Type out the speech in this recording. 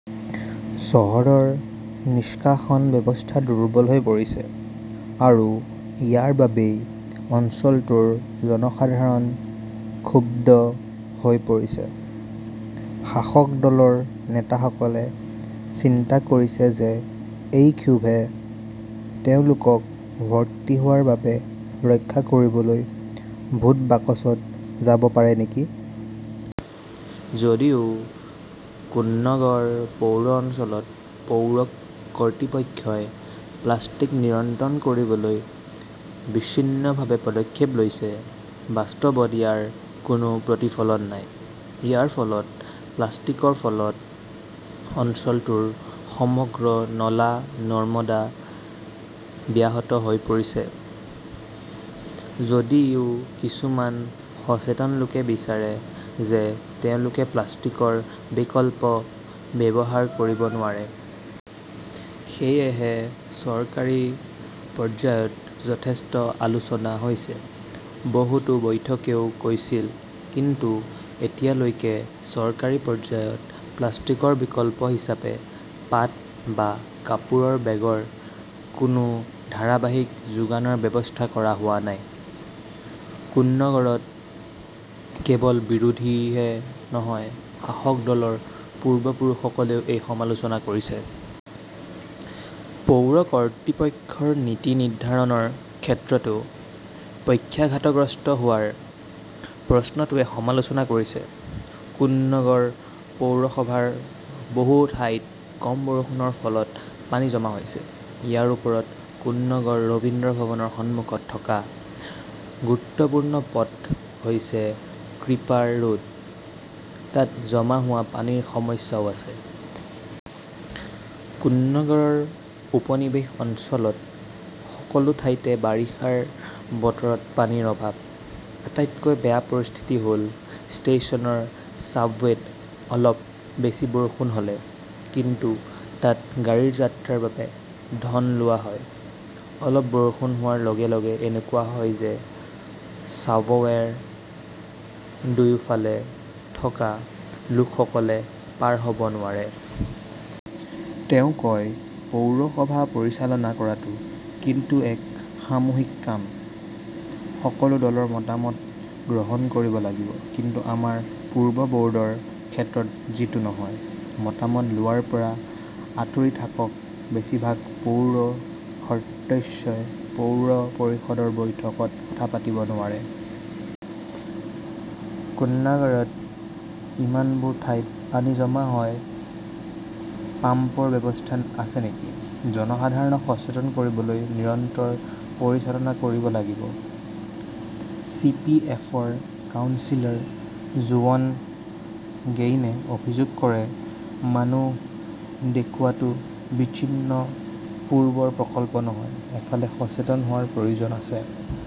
চহৰখনৰ নিষ্কাশন ব্যৱস্থা দুৰ্বল হৈ পৰিছে আৰু ইয়াৰ বাবেই অঞ্চলটোৰ জনসাধাৰণ ক্ষুব্ধ হৈ পৰিছে। শাসক দলৰ নেতাসকলে চিন্তা কৰিছে যে এই ক্ষোভে তেওঁলোকক ভৰ্তি হোৱাৰ পৰা ৰক্ষা কৰিবলৈ ভোট বাকচত যাব পাৰে নেকি? যদিও কোন্নগৰ পৌৰ অঞ্চলত পৌৰ কৰ্তৃপক্ষই প্লাষ্টিক নিয়ন্ত্ৰণ কৰিবলৈ বিচ্ছিন্নভাৱে পদক্ষেপ লৈছে, বাস্তৱত ইয়াৰ কোনো প্ৰতিফলন নাই। ইয়াৰ ফলত প্লাষ্টিকৰ ফলত অঞ্চলটোৰ সমগ্ৰ নলা-নৰ্দমা ব্যাহত হৈ পৰিছে। যদিও কিছুমান সচেতন লোকে বিচাৰে যে তেওঁলোকে প্লাষ্টিকৰ বিকল্প ব্যৱহাৰ কৰিব নোৱাৰে। সেয়েহে চৰকাৰী পৰ্যায়ত যথেষ্ট আলোচনা হৈছে। বহুতো বৈঠকও হৈছিল। কিন্তু এতিয়ালৈকে চৰকাৰী পৰ্যায়ত প্লাষ্টিকৰ বিকল্প হিচাপে পাট বা কাপোৰৰ বেগৰ কোনো ধাৰাবাহিক যোগানৰ ব্যৱস্থা কৰা হোৱা নাই। কোন্নগৰত কেৱল বিৰোধীয়ে নহয়, শাসক দলৰ পূৰ্বপুৰুষসকলেও এই সমালোচনা কৰিছে। পৌৰ কৰ্তৃপক্ষৰ নীতি নিৰ্ধাৰণৰ ক্ষেত্ৰতো পক্ষাঘাতগ্ৰস্ত হোৱাৰ প্ৰশ্নটোৱে সমালোচনা কৰিছে। কোন্নগৰ পৌৰসভাৰ বহু ঠাইত কম বৰষুণৰ ফলত পানী জমা হৈছে। ইয়াৰ ওপৰত কোন্নগৰ ৰবীন্দ্ৰভবনৰ সন্মুখত থকা গুৰুত্বপূৰ্ণ পথ হৈছে ক্ৰিপাৰ ৰোড। তাত জমা হোৱা পানীৰ সমস্যাও আছে। কোন্নগৰৰ উপনিবেশ অঞ্চল ত সকলো ঠাইতে বাৰিষাৰ বতৰত পানীৰ অভাৱ। আটাইতকৈ বেয়া পৰিস্থিতি হ'ল ষ্টেচনৰ ছাবৱেত অলপ বেছি বৰষুণ হ'লে, কিন্তু তাত গাড়ী যাত্ৰাৰ বাবে ধন লোৱা হয়। অলপ বৰষুণ হোৱাৰ লগে -লগে এনেকুৱা হয় যে চাবৱেৰ দুয়োফালে থকা লোকসকলে পাৰ হ'ব নোৱাৰে। তেওঁ কয়, পৌৰসভা পৰিচালনা কৰাটো কিন্তু এক সামূহিক কাম, সকলো দলৰ মতামত গ্ৰহণ কৰিব লাগিব। কিন্তু আমাৰ পূৰ্ববৰ্ডৰ ক্ষেত্ৰত যিটো নহয়। মতামত লোৱাৰ পৰা আঁতৰি থাকক বেছিভাগ পৌৰ সদস্যই পৌৰ পৰিষদৰ বৈঠকত কথা পাতিব নোৱাৰে। কুন্নাগৰত ইমানবোৰ ঠাইত পানী জমা হয় পাম্পৰ ব্যৱস্থা আছে নেকি? জনসাধাৰণক সচেতন কৰিবলৈ নিৰন্তৰ পৰিকল্পনা কৰিব লাগিব। চি. পি. এম. -ৰ কাউন্সিলৰ যুৱন গেইনে অভিযোগ কৰে মানুহ দেখুওৱাটো বিচ্ছিন্ন পূৰ্বৰ প্ৰকল্প নহয়, এফালে সচেতন হোৱাৰ প্ৰয়োজন আছে।